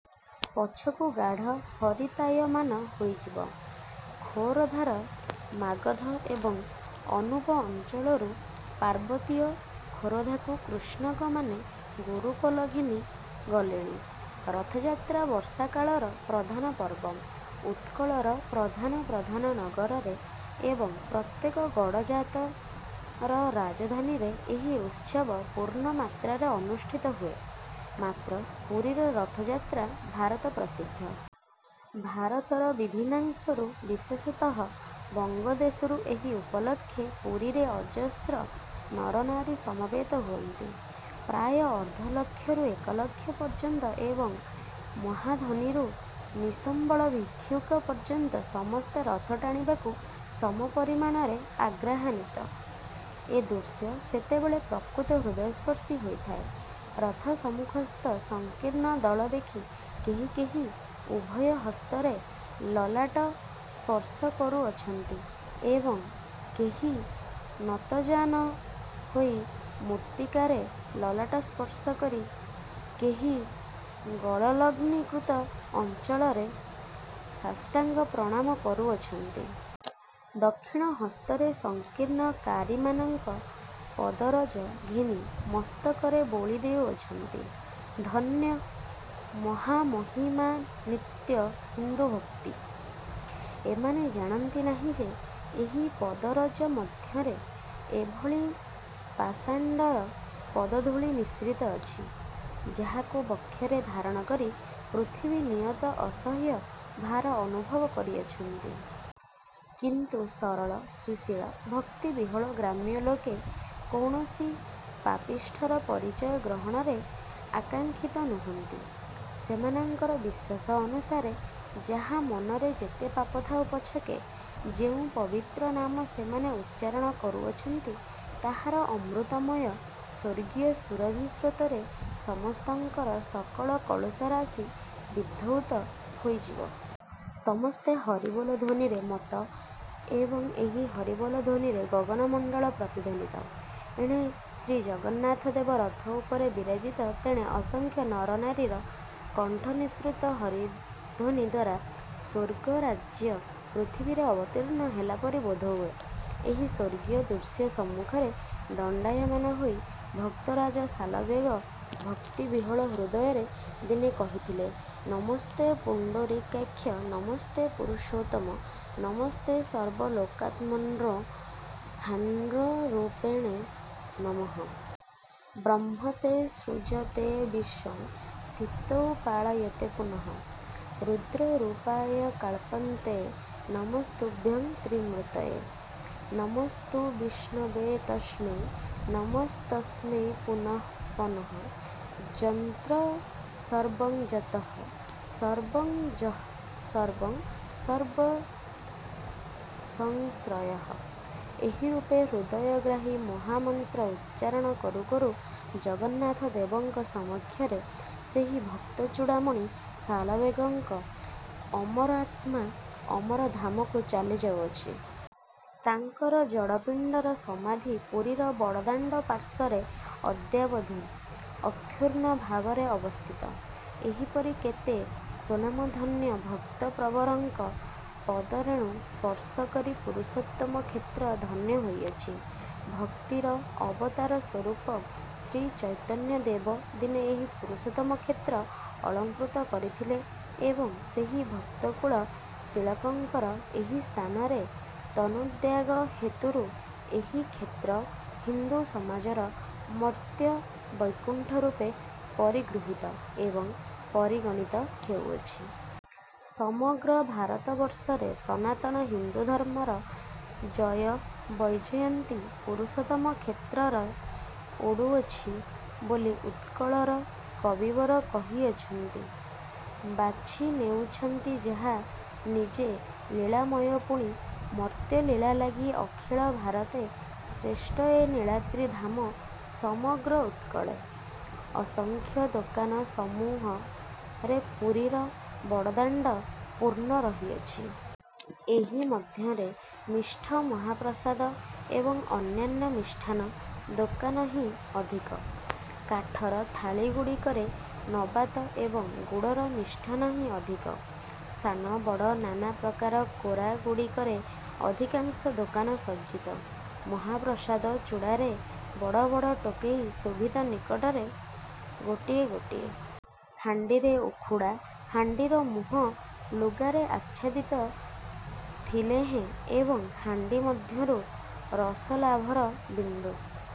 ପଛକୁ ଗାଢ଼ ହରିତାୟମାନ ହୋଇଯିବ। ଖୋରଧାର ମାଗଧ ଏବଂ ଅନୂପ ଅଞ୍ଚଳରୁ ପାର୍ବତୀୟ ଖୋରଧାକୁ କୃଷକମାନେ ଗୋରୁପଲ ଘେନି ଗଲେଣି। ରଥଯାତ୍ରା ବର୍ଷାକାଳର ପ୍ରଧାନ ପର୍ବ। ଉତ୍କଳର ପ୍ରଧାନ ପ୍ରଧାନ ନଗରରେ ଏବଂ ପ୍ରତ୍ୟେକ ଗଡ଼ଜାତର ରାଜଧାନୀରେ ଏହି ଉତ୍ସବ ପୂର୍ଣ୍ଣମାତ୍ରାରେ ଅନୁଷ୍ଠିତ ହୁଏ, ମାତ୍ର ପୁରୀର ରଥଯାତ୍ରା ଭାରତପ୍ରସିଦ୍ଧ। ଭାରତର ବିଭିନ୍ନାଂଶରୁ ବିଶେଷତଃ ବଙ୍ଗଦେଶରୁ ଏହି ଉପଲକ୍ଷେ ପୁରୀରେ ଅଜସ୍ର ନରନାରୀ ସମବେତ ହୁଅନ୍ତି। ପ୍ରାୟ ଅର୍ଦ୍ଧଲକ୍ଷରୁ ଏକ ଲକ୍ଷ ପର୍ଯ୍ୟନ୍ତ ଏବଂ ମାହଧନିରୁ ନିଃସମ୍ବଳ ଭିକ୍ଷୁକ ପର୍ଯ୍ୟନ୍ତ ସମସ୍ତେ ରଥ ଟାଣିବାକୁ ସମପରିମାଣରେ ଆଗ୍ରହାନ୍ୱିତ। ଏ ଦୃଶ୍ୟ ସେତେବେଳେ ପ୍ରକୃତ ହୃଦୟସ୍ପର୍ଶୀ ହୋଇଥାଏ। ରଥ ସମ୍ମୁଖସ୍ଥ ସଂକୀର୍ତ୍ତନଦଳ ଦେଖି କେହି କେହି ଉଭୟ ହସ୍ତରେ ଲଲାଟ ସ୍ପର୍ଶ କରୁଅଛନ୍ତି ଏବଂ କେହି ନତଜାନୁ ହୋଇ ମୃତ୍ତିକାରେ ଲଲାଟ ସ୍ପର୍ଶ କରି, କେହି ଗଳଲଗ୍ନୀକୃତ ଅଞ୍ଚଳରେ ସାଷ୍ଟାଙ୍ଗ ପ୍ରଣାମ କରୁଅଛନ୍ତି। ଦକ୍ଷିଣ ହସ୍ତରେ ସଂକୀର୍ତ୍ତନକାରିମାନଙ୍କ ପଦରଜ ଘେନି ମସ୍ତକରେ ବୋଳି ଦେଉଅଛନ୍ତି। ଧନ୍ୟ ମହାମହିମାନ୍ୱିତ ହିନ୍ଦୁଭକ୍ତି! ଏମାନେ ଜାଣନ୍ତି ନାହିଁ ଯେ ଏହି ପଦରଜ ମଧ୍ୟରେ ଏଭଳି ପାଷଣ୍ଡର ପଦଧୂଳି ମିଶ୍ରିତ ଅଛି, ଯାହାକୁ ବକ୍ଷରେ ଧାରଣ କରି ପୃଥିବୀ ନିୟତ ଅସହ୍ୟ ଭାର ଅନୁଭବ କରୁଅଛନ୍ତି। କିନ୍ତୁ ସରଳ, ସୁଶୀଳ, ଭକ୍ତିବିହ୍ୱଳ ଗ୍ରାମ୍ୟ ଲୋକେ କୌଣସି ପାପିଷ୍ଠର ପରିଚୟ ଗ୍ରହଣରେ ଆକାଙ୍କ୍ଷିତ ନୁହନ୍ତି ସେମାନଙ୍କର ବିଶ୍ୱାସ ଅନୁସାରେ ଯାହା ମନରେ ଯେତେ ପାପ ଥାଉ ପଛକେ ଯେଉଁ ପବିତ୍ର ନାମ ସେମାନେ ଉଚ୍ଚାରଣ କରୁଅଛନ୍ତି, ତାହାର ଅମୃତମୟ ସ୍ୱର୍ଗୀୟ ସୁରଭି ସ୍ରୋତରେ ସମସ୍ତଙ୍କର ସକଳ କଳୁଷରାଶି ବିଧୌତ ହୋଇଯିବ। ସମସ୍ତେ ହରିବୋଲ' ଧ୍ୱନିରେ ମତ୍ତ ଏବଂ ଏହି ହରିବୋଲ ଧ୍ୱନିରେ ଗଗନମଣ୍ଡଳ ପ୍ରତିଧ୍ୱନିତ। ଏଣେ ଶ୍ରୀଜଗନ୍ନାଥଦେବ ରଥ ଉପରେ ବିରାଜିତ ତେଣେ ଅସଂଖ୍ୟ ନରନାରୀର କଣ୍ଠନିଃସୃତ ହରିଧ୍ୱନିଦ୍ୱାରା ସ୍ୱର୍ଗରାଜ୍ୟ ପୃଥିବୀରେ ଅବତୀର୍ଣ୍ଣ ହେଲା ପରି ବୋଧ ହୁଏ। ଏହି ସ୍ୱର୍ଗୀୟ ଦୃଶ୍ୟ ସମ୍ମୁଖରେ ଦଣ୍ଡାୟମାନ ହୋଇ ଭକ୍ତରାଜ ଶାଲବେଗ ଭକ୍ତି ବିହ୍ୱଳ ହୃଦୟରେ ଦିନେ କହିଥିଲେ ନମସ୍ତେ ପୁଣ୍ଡରୀକାକ୍ଷ, ନମସ୍ତେ ପୁରୁଷୋତ୍ତମ ନମସ୍ତେ ସର୍ବଲୋକାତ୍ମନ୍ବ୍ର ହ୍ମାଣ୍ଡରୂପିଣେ ନମଃ। ବ୍ରହ୍ମତ୍ୱେ ସୃଜତେ ବିଶ୍ୱଂ ସ୍ଥିତୌ ପାଳୟତେ ପୁନଃ। ରୂଦ୍ରରୂପାୟ କଳ୍ପାନ୍ତେ ନମସ୍ତୁଭ୍ୟଂ ତ୍ରିମୂର୍ତ୍ତିୟେ। ନମୋଽସ୍ତୁ ବିଷ୍ଣବେ ତସ୍ମୈ ନମସ୍ତସ୍ମୈ ପୁନଃ ପନଃ। ଯନ୍ତ୍ର ସର୍ବଂ ଯତଃ ସର୍ବଂ ଯଃ ସର୍ବଂ ସର୍ବସଂଶ୍ରୟଃ। ଏହିରୂପେ ହୃଦୟଗ୍ରାହୀ ମହାମନ୍ତ୍ର ଉଚ୍ଚାରଣ କରୁଁ କରୁଁ ଜଗନ୍ନାଥଦେବଙ୍କ ସମକ୍ଷରେ ସେହି ଭକ୍ତଚୂଡ଼ାମଣି ଶାଲବେଗଙ୍କ ଅମରାତ୍ମା ଅମର ଧାମକୁ ଚାଲି ଯାଇଅଛି। ତାଙ୍କର ଜଡ଼ପିଣ୍ଡର ସମାଧି ପୁରୀର ବଡ଼ଦାଣ୍ଡ ପାର୍ଶ୍ୱରେ ଅଦ୍ୟାବଧି ଅକ୍ଷୁର୍ଣ୍ଣଭାବରେ ଅବସ୍ଥିତ। ଏହିପରି କେତେ ସ୍ୱନାମଧନ୍ୟ ଭକ୍ତପ୍ରବରଙ୍କ ପଦରେଣୁ ସ୍ପର୍ଶ କରି ପୁରୁଷୋତ୍ତମ କ୍ଷେତ୍ର ଧନ୍ୟ ହୋଇଅଛି। ଭକ୍ତିର ଅବତାରସ୍ୱରୂପ ଶ୍ରୀଚୈତନ୍ୟ ଦେବ ଦିନେ ଏହି ପୁରୁଷୋତ୍ତମ କ୍ଷେତ୍ର ଅଳଂକୃତ କରିଥିଲେ ଏବଂ ସେହି ଭକ୍ତକୁଳ ତିଳକଙ୍କର ଏହି ସ୍ଥାନରେ ତନୁତ୍ୟାଗ ହେତୁରୁ ଏହି କ୍ଷେତ୍ର ହିନ୍ଦୁସମାଜର ମର୍ତ୍ତ୍ୟ ବୈକୁଣ୍ଠରୂପେ ପରିଗୃହୀତ ଏବଂ ପରିଗଣିତ ହେଉଅଛି। ସମଗ୍ର ଭାରତବର୍ଷରେ ସନାତନ ହିନ୍ଦୁଧର୍ମର ଜୟବୈଜୟନ୍ତୀ ପୁରୁଷୋତ୍ତମ କ୍ଷେତ୍ରରେ ଉଡ଼ୁଅଛି ବୋଲି ଉତ୍କଳର କବିବର କହିଅଛନ୍ତି ବାଛି ନେଇଛନ୍ତି ଯାହା ନିଜେ ଲୀଳାମୟ ପୁଣି ମର୍ତ୍ତ୍ୟଲୀଳା ଲାଗି ଅଖିଳ ଭାରତେ ଶ୍ରେଷ୍ଠ ଏ ନୀଳାଦ୍ରିଧାମ ସମଗ୍ର ଉତ୍କଳେ। ଅସଂଖ୍ୟ ଦୋକାନସମୂହରେ ପୁରୀର ବଡ଼ଦାଣ୍ଡ' ପୂର୍ଣ୍ଣ ରହିଅଛି। ଏଥି ମଧ୍ୟରେ ମିଷ୍ଟ ମହାପ୍ରସାଦ ଏବଂ ଅନ୍ୟାନ୍ୟ ମିଷ୍ଟାନ୍ନ ଦୋକାନହିଁ ଅଧିକ। କାଠର ଥାଳିଗୁଡ଼ିକରେ ନବାତ ଏବଂ ଗୁଡ଼ର ମିଷ୍ଟାନ୍ନହିଁ ଅଧିକ, ସାନ ବଡ଼ ନାନାପ୍ରକାର କୋରା ଗୁଡ଼ିକରେ ଅଧିକାଂଶ ଦୋକାନ ସଜ୍ଜିତ। ମହାପ୍ରସାଦ ଚୂଡ଼ାରେ ବଡ଼ ବଡ଼ ଟୋକେଇ ଶୋଭିତ ନିକଟରେ ଗୋଟିଏ ଗୋଟିଏ ହାଣ୍ଡିରେ ଉଖୁଡ଼ା ହାଣ୍ଡିର ମୁହଁ ଲୁଗାରେ ଆଚ୍ଛାଦିତ ଥିଲେହେଁ ଏବଂ ହାଣ୍ଡି ମଧ୍ୟରୁ ରସଲାଭର ବିନ୍ଦୁ